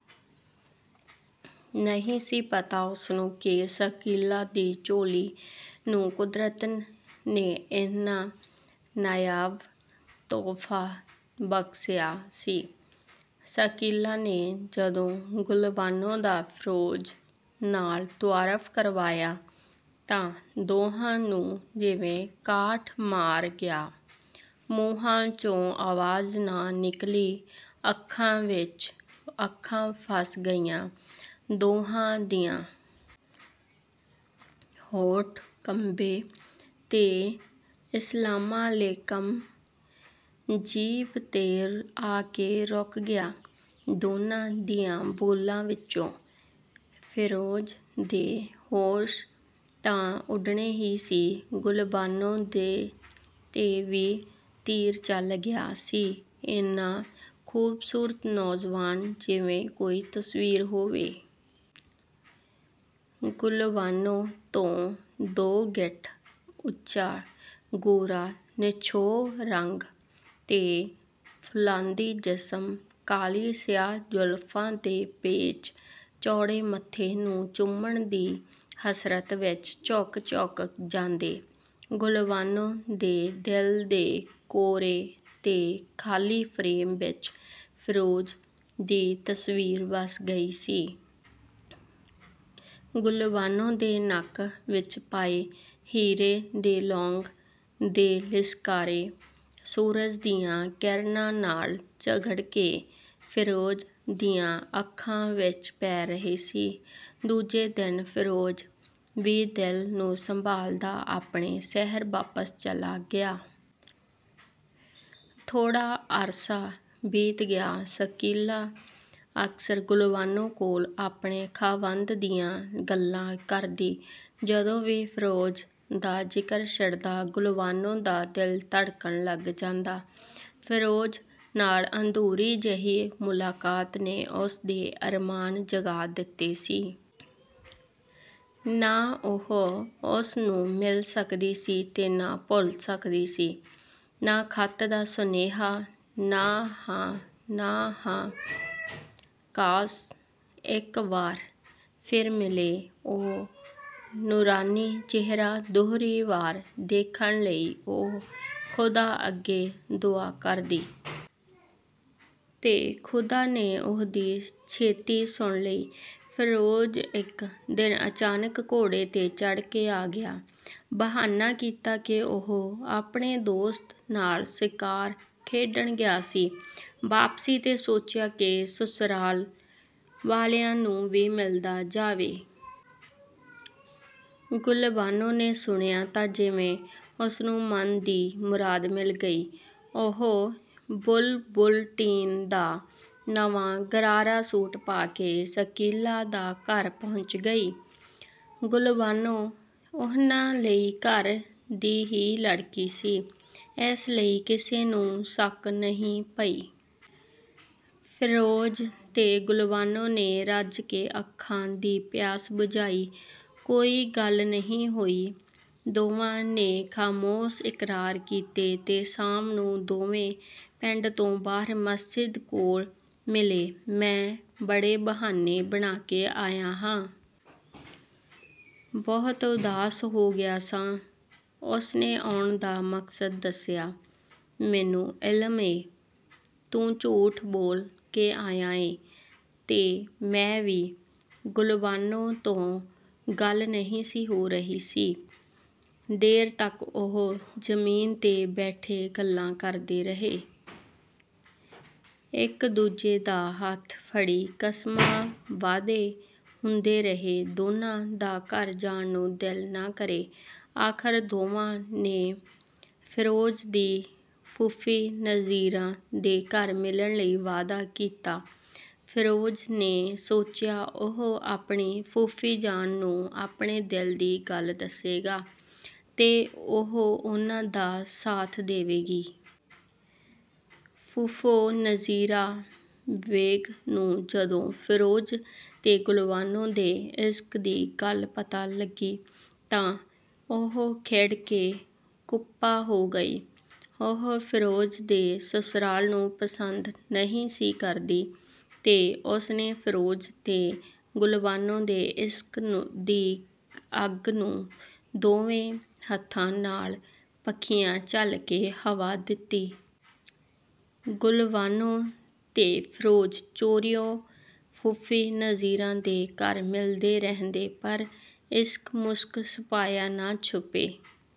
ਨਹੀ ਸੀ ਪਤਾ ਉਸਨੂੰ ਕਿ ਸ਼ਕੀਲਾ ਦੀ ਝੋਲੀ ਨੂੰ ਕੁਦਰਤ ਨੇ ਇੰਨ੍ਹਾ ਨਾਯਾਬ ਤੋਹਫਾ ਬਖਸ਼ਿਆ ਸੀ। ਸ਼ਕੀਲਾ ਨੇ ਜਦੋ ਗੁਲਬਾਨੋ ਦਾ ਫਿਰੋਜ਼ ਨਾਲ ਤੁਆਰਫ ਕਰਵਾਇਆ, ਤਾਂ ਦੋਹਾਂ ਨੂੰ ਜਿਵੇਂ ਕਾਠ ਮਾਰ ਗਿਆ। ਮੂੰਹਾਂ, ਚੋਂ ਆਵਾਜ਼ ਨਾ ਨਿੱਕਲੀ, ਅੱਖਾਂ ਵਿੱਚ ਅੱਖਾਂ ਫਸ ਗਈਆ ਦੋਹਾਂ ਦੀਆ। ਹੋਂਠ ਕੰਬੇਂ ਤੇ "ਇਸਲਾਮਾ ਲੇਕਮ"ਜੀਭ ਤੇ ਆ ਕੇ ਰੁਕ ਗਿਆ ਦੋਨਾਂ ਦੀਆ ਬੋਲਾ ਵਿਚੋ। ਫਿਰੋਜ਼ ਦੇ ਹੋਸ਼ ਤਾਂ ਉਡਣੇ ਹੀ ਸੀ ਗੁਲਬਾਨੋ ਤੇ ਵੀ ਤੀਰ ਚੱਲ ਗਿਆ ਸੀ। "ਏਨਾਂ ਖੂਬਸੂਰਤ ਨੌਜਵਾਨ..! ਜਿਵੇ ਕੋਈ ਤਸਵੀਰ ਹੋਵੇ। ਗੁਲਬਾਨੋ ਤੋਂ ਦੋ ਗਿੱਠ ਉਚਾ, ਗੋਰਾ ਨਿਛੋਹ ਰੰਗ, ਤੇ ਫ਼ੋਲਾਦੀ ਜਿਸਮ। ਕਾਲੀ ਸਿਆਹ ਜ਼ੁਲਫਾ ਦੇ ਪੇਚ ਚੌੜੇ ਮੱਥੇ ਨੂੰ ਚੁੰਮਣ ਦੀ ਹਸਰਤ ਵਿੱਚ ਝੁਕ ਝੁਕ ਜਾਂਦੇ। ਗੁਲਬਾਨੋ ਦੇ ਦਿਲ ਦੇ ਕੋਰੇ ਤੇ ਖਾਲੀ ਫਰੇਮ ਵਿੱਚ ਫਿਰੋਜ਼ ਦੀ ਤਸਵੀਰ ਵਸ ਗਈ ਸੀ। ਗੁਲਬਾਨੋ ਦੇ ਨੱਕ ਵਿੱਚ ਪਾਏ ਹੀਰੇ ਦੇ ਲੌਂਗ ਦੇ ਲਿਸ਼ਕਾਰੇ ਸੂਰਜ ਦੀਆਂ ਕਿਰਨਾਂ ਨਾਲ ਝਗੜ ਕੇ ਫਿਰੋਜ਼ ਦੀਆ ਅੱਖਾਂ ਵਿੱਚ ਪੈ ਰਹੇ ਸੀ। ਦੂਜੇ ਦਿਨ ਫਿਰੋਜ਼ ਵੀ ਦਿਲ ਨੂੰ ਸੰਭਾਲਦਾ ਆਪਣੇ ਸ਼ਹਿਰ ਵਾਪਸ ਚਲਾ ਗਿਆ। ਥੋੜ੍ਹਾ ਅਰਸਾ ਬੀਤ ਗਿਆ, ਸ਼ਕੀਲਾ ਅਕਸਰ ਗੁਲਬਾਨੋ ਕੋਲ ਆਪਣੇ ਖਾਵੰਦ ਦੀਆਂ ਗੱਲਾਂ ਕਰਦੀ। ਜਦੋ ਵੀ ਫਿਰੋਜ਼ ਦਾ ਜ਼ਿਕਰ ਛਿੜਦਾ ਗੁਲਬਾਨੋ ਦਾ ਦਿਲ ਧੜਕਣ ਲੱਗ ਜਾਂਦਾ। ਫਿਰੋਜ਼ ਨਾਲ ਅਧੂਰੀ ਜਿਹੀ ਮੁਲਾਕਾਤ ਨੇ ਉਸ ਦੇ ਅਰਮਾਨ ਜਗਾਅ ਦਿਤੇ ਸੀ। ਨਾ ਉਹ ਉਸ ਨੂੰ ਮਿਲ ਸਕਦੀ ਸੀ ਤੇ ਨਾ ਭੁੱਲ ਸਕਦੀ ਸੀ। ਨਾ ਖੱਤ ਨਾ ਸੁਨੇਹਾ। ਨਾ ਹਾਂ, ਨਾ ਨਾਂਹ। ਕਾਸ਼! ਇਕ ਵਾਰ ਫਿਰ ਮਿਲੇ, ਉਹ ਨੂਰਾਨੀ ਚਿਹਰਾ ਦੂਹਰੀ ਵਾਰ ਦੇਖਣ ਲਈ ਉਹ ਖੁਦਾ ਅੱਗੇ ਦੁਆ ਕਰਦੀ। ਤੇ ਖੁਦਾ ਨੇ ਉਹਦੀ ਛੇਤੀ ਸੁਣ ਲਈ। ਫਿਰੋਜ਼ ਇਕ ਦਿਨ ਅਚਾਨਕ ਘੋੜੇ ਤੇ ਚੜ੍ਹ ਕੇ ਆ ਗਿਆ। ਬਹਾਨਾ ਕੀਤਾ ਕਿ ਉਹ ਆਪਣੇ ਦੋਸਤ ਨਾਲ ਸ਼ਿਕਾਰ ਖੇਡਣ ਗਿਆ ਸੀ। ਵਾਪਸੀ ਤੇ ਸੋਚਿਆ ਕਿ ਸੁਸਰਾਲ ਵਾਲਿਆ ਨੂੰ ਵੀ ਮਿਲਦਾ ਜਾਵੇ। ਗੁਲਬਾਨੋ ਨੇ ਸੁਣਿਆ ਤਾਂ ਜਿਵੇਂ ਉਸਨੂੰ ਮਨ ਦੀ ਮੁਰਾਦ ਮਿਲ ਗਈ, ਉਹ ਬੁਲਬੁਲਟੀਨ ਦਾ ਨਵਾਂ ਗਰਾਰਾ ਸੂਟ ਪਾ ਕੇ ਸ਼ਕੀਲਾ ਦੇ ਘਰ ਪਹੁੰਚ ਗਈ। ਗੁਲਬਾਨੋ ਉਨ੍ਹਾਂ ਲਈ ਘਰ ਦੀ ਹੀ ਲੜਕੀ ਸੀ, ਇਸ ਲਈ ਕਿਸੇ ਨੂੰ ਸ਼ੱਕ ਨਹੀ ਪਈ। ਫਿਰੋਜ਼ ਤੇ ਗੁਲਬਾਨੋ ਨੇ ਰੱਜ ਕੇ ਅੱਖਾਂ ਦੀ ਪਿਆਸ ਬੁਝਾਈ, ਕੋਈ ਗੱਲ ਨਹੀ ਹੋਈ। ਦੋਵਾਂ ਨੇ ਖਾਮੋਸ਼ ਇਕਰਾਰ ਕੀਤੇ ਤੇ ਸ਼ਾਮ ਨੂੰ ਦੋਵੇਂ ਪਿੰਡ ਤੋਂ ਬਾਹਰ ਮਸਜਿਦ ਕੋਲ ਮਿਲੇ। ਮੈਂ ਬੜੇ ਬਹਾਨੇ ਬਣਾਕੇ ਆਇਆ ਹਾਂ। ਬਹੁਤ ਉਦਾਸ ਹੋ ਗਿਆ ਸਾਂ, ਉਸਨੇ ਆਉਣ ਦਾ ਮਕਸਦ ਦੱਸਿਆ। "ਮੈਨੂੰ ਇਲਮ ਏ…. ਤੂੰ ਝੂਠ ਬੋਲ ਕੇ ਆਇਆ ਏ… ਤੇ ਮੈਂ ਵੀ… ਗੁਲਬਾਨੋ ਤੋਂ ਗੱਲ ਨਹੀ ਸੀ ਹੋ ਰਹੀ ਸੀ। ਦੇਰ ਤੱਕ ਉਹ ਜ਼ਮੀਨ ਤੇ ਬੈਠੇ ਗੱਲਾਂ ਕਰਦੇ ਰਹੇ। ਇਕ-ਦੂਜੇ ਦਾ ਹੱਥ ਫੜੀ ਕਸ਼ਮਾਂ-ਵਾਅਦੇ ਹੁੰਦੇ ਰਹੇ। ਦੋਨਾਂ ਦਾ ਘਰ ਜਾਣ ਨੂੰ ਦਿਲ ਨਾ ਕਰੇ। ਆਖ਼ਰ ਦੋਵਾਂ ਨੇ ਫਿਰੋਜ਼ ਦੀ ਫੂਫੀ ਨਜ਼ੀਰਾਂ ਦੇ ਘਰ ਮਿਲਣ ਲਈ ਵਾਅਦਾ ਕੀਤਾ। ਫਿਰੋਜ਼ ਨੇ ਸੋਚਿਆ ਉਹ ਆਪਣੀ ਫੂਫੀ ਜਾਨ ਨੂੰ ਆਪਣੇ ਦਿਲ ਦੀ ਗੱਲ ਦੱਸੇਗਾ ਤੇ ਉਹ ਉਨ੍ਹਾਂ ਦਾ ਸਾਥ ਦੇਵੇਗੀ। ਫੂਫੋ 'ਨਜ਼ੀਰਾਂ ਬੇਗ' ਨੂੰ ਜਦੋ ਫਿਰੋਜ਼ ਤੇ ਗੁਲਬਾਨੋ ਦੇ ਇਸ਼ਕ ਦੀ ਗੱਲ ਪਤਾ ਲੱਗੀ ਤਾਂ ਉਹ ਖਿੜ ਕੇ ਕੁੱਪਾ ਹੋ ਗਈ। ਉਹ ਫਿਰੋਜ਼ ਦੇ ਸੁਸਰਾਲ ਨੂੰ ਪਸੰਦ ਨਹੀ ਸੀ ਕਰਦੀ ਤੇ ਉਸਨੇ ਫਿਰੋਜ਼ ਤੇ ਗੁਲਬਾਨੋ ਦੇ ਇਸ਼ਕ ਦੀ ਅੱਗ ਨੂੰ ਦੋਵੇਂ ਹੱਥਾਂ ਨਾਲ ਪੱਖੀਆ ਝੱਲਕੇ ਹਵਾ ਦਿਤੀ। ਗੁਲਬਾਨੋ ਤੇ ਫਿਰੋਜ਼ ਚੋਰੀਉ ਫੂਫੀ ਨਜ਼ੀਰਾਂ ਦੇ ਘਰ ਮਿਲਦੇ ਰਹਿੰਦੇ, ਪਰ ਇਸ਼ਕ-ਮੁਸ਼ਕ ਛੁਪਾਇਆ ਨਾ ਛੁੱਪੇ।